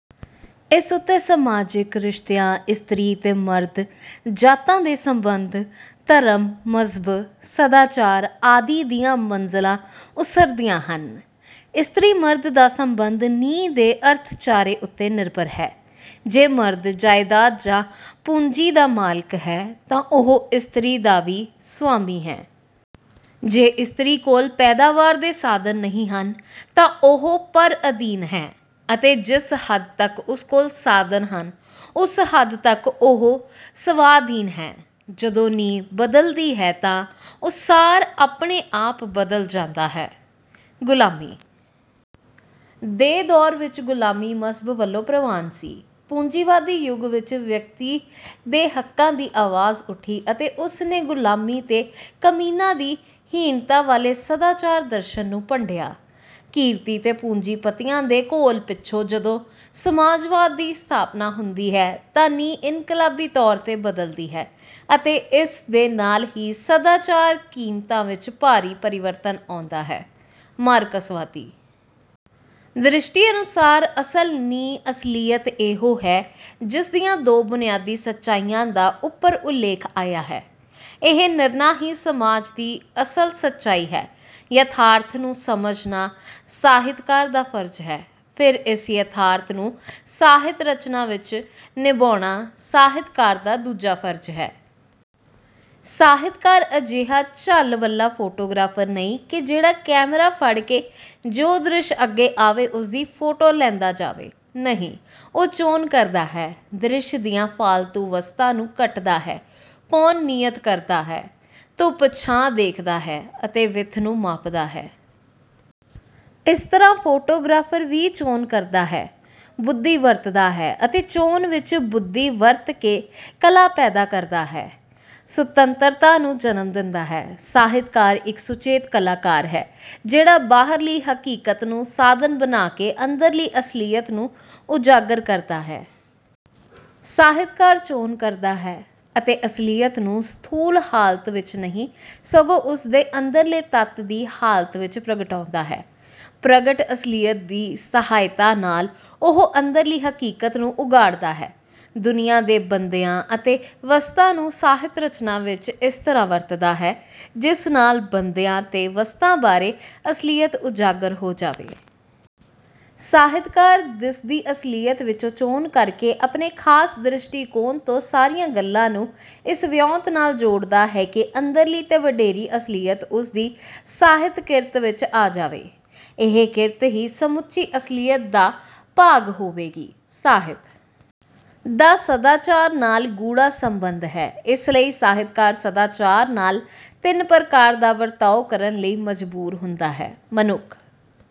ਇਸ ਉੱਤੇ ਸਮਾਜਿਕ, ਰਿਸ਼ਤਿਆਂ, ਇਸਤਰੀ ਤੇ ਮਰਦ, ਜਾਤਾਂ ਦੇ ਸਬੰਧ, ਧਰਮ, ਮਜ਼ਹਬ, ਸਦਾਚਾਰ ਆਦਿ ਦੀਆਂ ਮੰਜ਼ਿਲਾਂ ਉਸਰਦੀਆਂ ਹਨ। ਇਸਤਰੀ-ਮਰਦ ਦਾ ਸਬੰਧ ਨੀਂਹ ਦੇ ਅਰਥਚਾਰੇ ਉੱਤੇ ਨਿਰਭਰ ਹੈ। ਜੇ ਮਰਦ ਜਾਇਦਾਦ ਜਾਂ ਪੂੰਜੀ ਦਾ ਮਾਲਕ ਹੈ ਤਾਂ ਉਹ ਇਸਤਰੀ ਦਾ ਵੀ ਸਵਾਮੀ ਹੈ। ਜੇ ਇਸਤਰੀ ਕੋਲ ਪੈਦਾਵਾਰ ਦੇ ਸਾਧਨ ਨਹੀਂ ਹਨ, ਤਾਂ ਉਹ ਪਰ-ਅਧੀਨ ਹੈ; ਅਤੇ ਜਿਸ ਹੱਦ ਤੱਕ ਉਸ ਕੋਲ ਸਾਧਨ ਹਨ, ਉਸ ਹੱਦ ਤੱਕ ਉਹ ਸਵਾਧੀਨ ਹੈ। ਜਦੋਂ ਨੀਂਹ ਬਦਲਦੀ ਹੈ ਤਾਂ ਉਸਾਰ ਆਪਣੇ ਆਪ ਬਦਲ ਜਾਂਦਾ ਹੈ। ਗੁਲਾਮੀ ਦੇ ਦੌਰ ਵਿੱਚ ਗੁਲਾਮੀ ਮਜ਼ਹਬ ਵੱਲੋਂ ਪ੍ਰਵਾਨ ਸੀ। ਪੂੰਜੀਵਾਦੀ ਯੁੱਗ ਵਿੱਚ ਵਿਅਕਤੀ ਦੇ ਹੱਕਾਂ ਦੀ ਆਵਾਜ਼ ਉੱਠੀ ਅਤੇ ਉਸ ਨੇ ਗੁਲਾਮੀ ਤੇ ਕਮੀਣਾਂ ਦੀ ਹੀਣਤਾ ਵਾਲੇ ਸਦਾਚਾਰ ਦਰਸ਼ਨ ਨੂੰ ਭੰਡਿਆ। ਕਿਰਤੀ ਤੇ ਪੂੰਜੀਪਤੀਆਂ ਦੇ ਘੋਲ ਪਿੱਛੋਂ ਜਦੋਂ ਸਮਾਜਵਾਦ ਦੀ ਸਥਾਪਨਾ ਹੁੰਦੀ ਹੈ, ਤਾਂ ਨੀਂਹ ਇਨਕਲਾਬੀ ਤੌਰ 'ਤੇ ਬਦਲਦੀ ਹੈ ਅਤੇ ਇਸ ਦੇ ਨਾਲ ਹੀ ਸਦਾਚਾਰਕ ਕੀਮਤਾਂ ਵਿੱਚ ਭਾਰੀ ਪਰਿਵਰਤਨ ਆਉਂਦਾ ਹੈ। ਮਾਰਕਸਵਾਦੀ ਦ੍ਰਿਸ਼ਟੀ ਅਨੁਸਾਰ ਅਸਲ ਨੀਂਹ-ਅਸਲੀਅਤ ਇਹੋ ਹੈ, ਜਿਸ ਦੀਆਂ ਦੋ ਬੁਨਿਆਦੀ ਸੱਚਾਈਆਂ ਦਾ ਉੱਪਰ ਉਲੇਖ ਆਇਆ ਹੈ। ਇਹ ਨਿਰਣਾ ਹੀ ਸਮਾਜ ਦੀ ਅਸਲ ਸੱਚਾਈ ਹੈ। ਯਥਾਰਥ ਨੂੰ ਸਮਝਣਾ ਸਾਹਿਤਕਾਰ ਦਾ ਫਰਜ਼ ਹੈ, ਫਿਰ ਇਸ ਯਥਾਰਥ ਨੂੰ ਸਾਹਿਤ-ਰਚਨਾ ਵਿੱਚ ਨਿਭਾਉਣਾ ਸਾਹਿਤਕਾਰ ਦਾ ਦੂਜਾ ਫਰਜ਼ ਹੈ। ਸਾਹਿਤਕਾਰ ਅਜਿਹਾ ਝੱਲ-ਵੱਲ੍ਹਾ ਫੋਟੋਗ੍ਰਾਫਰ ਨਹੀਂ ਕਿ ਜਿਹੜਾ ਕੈਮਰਾ ਫੜ ਕੇ ਜੋ ਦ੍ਰਿਸ਼ ਅੱਗੇ ਆਵੇ, ਉਸ ਦੀ ਫੋਟੋ ਲੈਂਦਾ ਜਾਵੇ। ਨਹੀਂ, ਉਹ ਚੋਣ ਕਰਦਾ ਹੈ, ਦ੍ਰਿਸ਼ ਦੀਆਂ ਫਾਲਤੂ ਵਸਤਾਂ ਨੂੰ ਕੱਟਦਾ ਹੈ, ਕੋਣ ਨੀਅਤ ਕਰਦਾ ਹੈ, ਧੁੱਪ-ਛਾਂ ਦੇਖਦਾ ਹੈ ਅਤੇ ਵਿੱਥ ਨੂੰ ਮਾਪਦਾ ਹੈ। ਇਸ ਤਰ੍ਹਾਂ ਫੋਟੋਗ੍ਰਾਫਰ ਵੀ ਚੋਣ ਕਰਦਾ ਹੈ, ਬੁੱਧੀ ਵਰਤਦਾ ਹੈ ਅਤੇ ਚੋਣ ਵਿੱਚ ਬੁੱਧੀ ਵਰਤ ਕੇ ਕਲਾ ਪੈਦਾ ਕਰਦਾ ਹੈ, ਸੁੰਦਰਤਾ ਨੂੰ ਜਨਮ ਦਿੰਦਾ ਹੈ। ਸਾਹਿਤਕਾਰ ਇੱਕ ਸੁਚੇਤ ਕਲਾਕਾਰ ਹੈ, ਜਿਹੜਾ ਬਾਹਰਲੀ ਹਕੀਕਤ ਨੂੰ ਸਾਧਨ ਬਣਾ ਕੇ ਅੰਦਰਲੀ ਅਸਲੀਅਤ ਨੂੰ ਉਜਾਗਰ ਕਰਦਾ ਹੈ। ਸਾਹਿਤਕਾਰ ਚੋਣ ਕਰਦਾ ਹੈ ਅਤੇ ਅਸਲੀਅਤ ਨੂੰ ਸਥੂਲ ਹਾਲਤ ਵਿੱਚ ਨਹੀਂ, ਸਗੋਂ ਉਸ ਦੇ ਅੰਦਰਲੇ ਤੱਤ ਦੀ ਹਾਲਤ ਵਿੱਚ ਪ੍ਰਗਟਾਉਂਦਾ ਹੈ। ਪ੍ਰਗਟ ਅਸਲੀਅਤ ਦੀ ਸਹਾਇਤਾ ਨਾਲ ਉਹ ਅੰਦਰਲੀ ਹਕੀਕਤ ਨੂੰ ਉਘਾੜਦਾ ਹੈ। ਦੁਨੀਆ ਦੇ ਬੰਦਿਆਂ ਅਤੇ ਵਸਤਾਂ ਨੂੰ ਸਾਹਿਤ-ਰਚਨਾ ਵਿੱਚ ਇਸ ਤਰ੍ਹਾਂ ਵਰਤਦਾ ਹੈ, ਜਿਸ ਨਾਲ ਬੰਦਿਆਂ ਤੇ ਵਸਤਾਂ ਬਾਰੇ ਅਸਲੀਅਤ ਉਜਾਗਰ ਹੋ ਜਾਵੇ। ਸਾਹਿਤਕਾਰ ਦਿਸਦੀ ਅਸਲੀਅਤ ਵਿੱਚੋਂ ਚੋਣ ਕਰਕੇ ਆਪਣੇ ਖਾਸ ਦ੍ਰਿਸ਼ਟੀਕੋਣ ਤੋਂ ਸਾਰੀਆਂ ਗੱਲਾਂ ਨੂੰ ਇਸ ਵਿਉਂਤ ਨਾਲ ਜੋੜਦਾ ਹੈ ਕਿ ਅੰਦਰਲੀ ਤੇ ਵਡੇਰੀ ਅਸਲੀਅਤ ਉਸ ਦੀ ਸਾਹਿਤ-ਕਿਰਤ ਵਿੱਚ ਆ ਜਾਵੇ। ਇਹ ਕਿਰਤ ਹੀ ਸਮੁੱਚੀ ਅਸਲੀਅਤ ਦਾ ਭਾਗ ਹੋਵੇਗੀ। ਸਾਹਿਤ ਦਾ ਸਦਾਚਾਰ ਨਾਲ ਗੂੜ੍ਹਾ ਸਬੰਧ ਹੈ। ਇਸ ਲਈ ਸਾਹਿਤਕਾਰ ਸਦਾਚਾਰ ਨਾਲ ਤਿੰਨ ਪ੍ਰਕਾਰ ਦਾ ਵਰਤਾਓ ਕਰਨ ਲਈ ਮਜ਼ਬੂਰ ਹੁੰਦਾ ਹੈ ਮਨੁੱਖ...